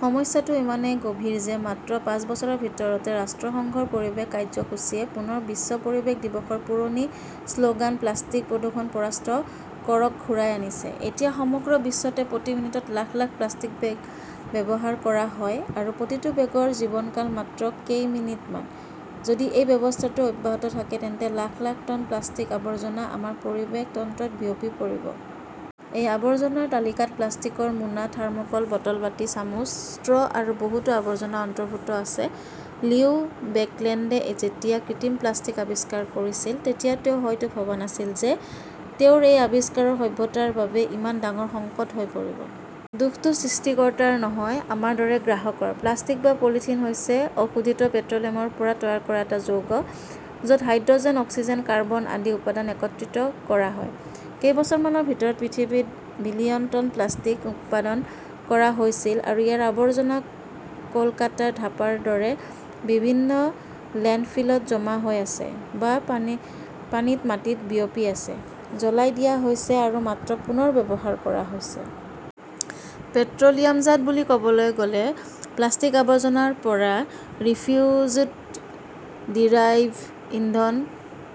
সমস্যাটো ইমানেই গভীৰ যে মাত্ৰ পাঁচ বছৰৰ ভিতৰতে ৰাষ্ট্ৰসংঘৰ পৰিৱেশ কাৰ্যসূচীয়ে পুনৰ বিশ্ব পৰিৱেশ দিৱসৰ পুৰণি শ্লোগান-প্লাষ্টিক‌ প্ৰদূষণক পৰাস্ত কৰক ঘূৰাই আনিছে। এতিয়া সমগ্ৰ বিশ্বতে প্ৰতি মিনিটত লাখ লাখ প্লাষ্টিক বেগ ব্যৱহাৰ কৰা হয় আৰু প্ৰতিটো বেগৰ জীৱনকাল মাত্ৰ কেই মিনিট মান, যদি এই ব্যৱস্থাটো অব্যাহত থাকে তেন্তে লাখ লাখ টন প্লাষ্টিক-আৱৰ্জনা আমাৰ পৰিৱেশ তন্ত্ৰত বিয়পি পৰিব। এই আৱৰ্জনাৰ তালিকাত প্লাষ্টিকৰ মোনা, থাৰ্মোকল, বটল, বাটি, চামুচ, ষ্ট্ৰ আৰু বহুতো আৱৰ্জনা অন্তৰ্ভুক্ত আছে। লিও বেকলেণ্ডে যেতিয়া কৃত্ৰিম প্লাষ্টিক আৱিষ্কাৰ কৰিছিল, তেতিয়া তেওঁ হয়তো ভবা নাছিল যে তেওঁৰ এই আৱিষ্কাৰ সভ্যতাৰ বাবে ইমান ডাঙৰ সংকট হৈ পৰিব। দোষটো সৃষ্টিকৰ্তাৰ নহয়, আমাৰ দৰে গ্ৰাহকৰ। প্লাষ্টিক বা পলিথিন হৈছে অশোধিত পেট্ৰ'লিয়ামৰ পৰা তৈয়াৰ কৰা এটা যৌগ, য'ত হাইড্ৰ'জেন, অক্সিজেন, কাৰ্বন আদি উপাদান একত্ৰিত কৰা হয়। কেইবছৰ‌মানৰ ভিতৰত পৃথিৱীত বিলিয়ন টন প্লাষ্টিক উৎপাদন কৰা হৈছিল আৰু ইয়াৰ আৱৰ্জনা কলকাতাৰ ধাপাৰ দৰে বিভিন্ন লেণ্ডফিলত জমা হৈ আছে, বা পানীত-মাটিত বিয়পি আছে; জ্বলাই দিয়া হৈছে আৰু মাত্ৰ পুনৰ ব্যৱহাৰ কৰা হৈছে। পেট্ৰ' লিয়ামজাত বুলি ক'বলৈ গলে প্লাষ্টিক-আৱৰ্জনাৰ পৰা ৰিফিউজড ডিৰাইভড ইন্ধন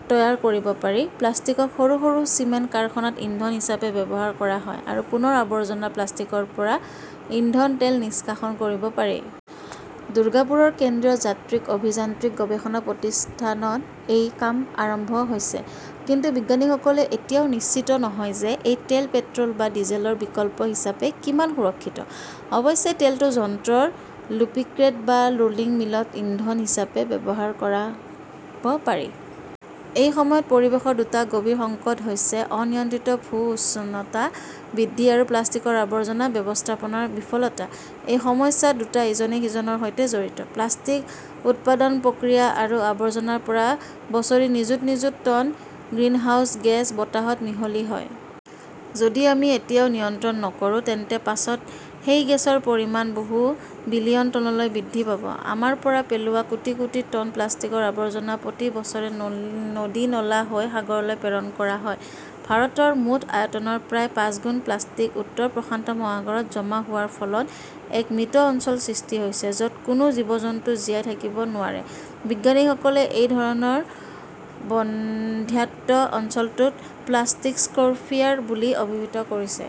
তৈয়াৰ কৰিব পাৰি; প্লাষ্টিকক সৰু সৰু চিমেণ্ট কাৰখানাত ইন্ধন হিচাপে ব্যৱহাৰ কৰা হয়; আৰু পুনৰ আৱৰ্জনা প্লাষ্টিকৰ পৰা ইন্ধন তেল নিষ্কাশন কৰিব পাৰি। দুৰ্গাপুৰৰ কেন্দ্ৰীয় যান্ত্ৰিক অভিযান্ত্ৰিক গৱেষণা প্ৰতিষ্ঠানত এই কাম আৰম্ভ হৈছে। কিন্তু বিজ্ঞানীসকলে এতিয়াও নিশ্চিত নহয় যে এই তেল পেট্ৰল বা ডিজেলৰ বিকল্প হিচাপে কিমান সুৰক্ষিত। অৱশ্যে, তেলটো যন্ত্ৰৰ লুব্ৰিকেণ্ট বা ৰোলিং মিলত ইন্ধন হিচাপে ব্যৱহাৰ কৰিব পাৰি। এই সময়ত পৰিৱেশৰ দুটা গভীৰ সংকট হৈছে অনিয়ন্ত্ৰিত ভূ-উষ্ণতা বৃদ্ধি আৰু প্লাষ্টিকৰ আৱৰ্জনা ব্যৱস্থাপনাৰ বিফলতা। এই সমস্যা দুটা ইজনে সিজনৰ সৈতে জড়িত। প্লাষ্টিক উৎপাদন প্ৰক্ৰিয়া আৰু আৱৰ্জনাৰ পৰা বছৰি নিযুত নিযুত টন গ্ৰিনহাউজ গেছ বতাহত মিহলি হয়। যদি আমি এতিয়াও নিয়ন্ত্ৰণ নকৰো, তেন্তে পাছত সেই গেছৰ পৰিমাণ বহু বিলিয়ন টনলৈ বৃদ্ধি পাব। আমাৰ পৰা পেলোৱা কোটি কোটি টন প্লাষ্টিকৰ আৱৰ্জনা প্ৰতি বছৰে নদী-নলা হৈ সাগৰলৈ প্ৰেৰণ কৰা হয়। ভাৰতৰ মুঠ আয়তনৰ প্ৰায় পাঁচগুণ প্লাষ্টিক উত্তৰ প্ৰশান্ত মহাসাগৰত জমা হোৱাৰ ফলত এক মৃত অঞ্চল সৃষ্টি হৈছে য' ত কোনো জীৱ-জন্তু জীয়াই থাকিব নোৱাৰে। বিজ্ঞানীসকলে এই ধৰণৰ বন্ধ্যাত্ব অঞ্চলটোক প্লাষ্টিকস্ফিয়াৰ বুলি অভিহিত কৰিছে।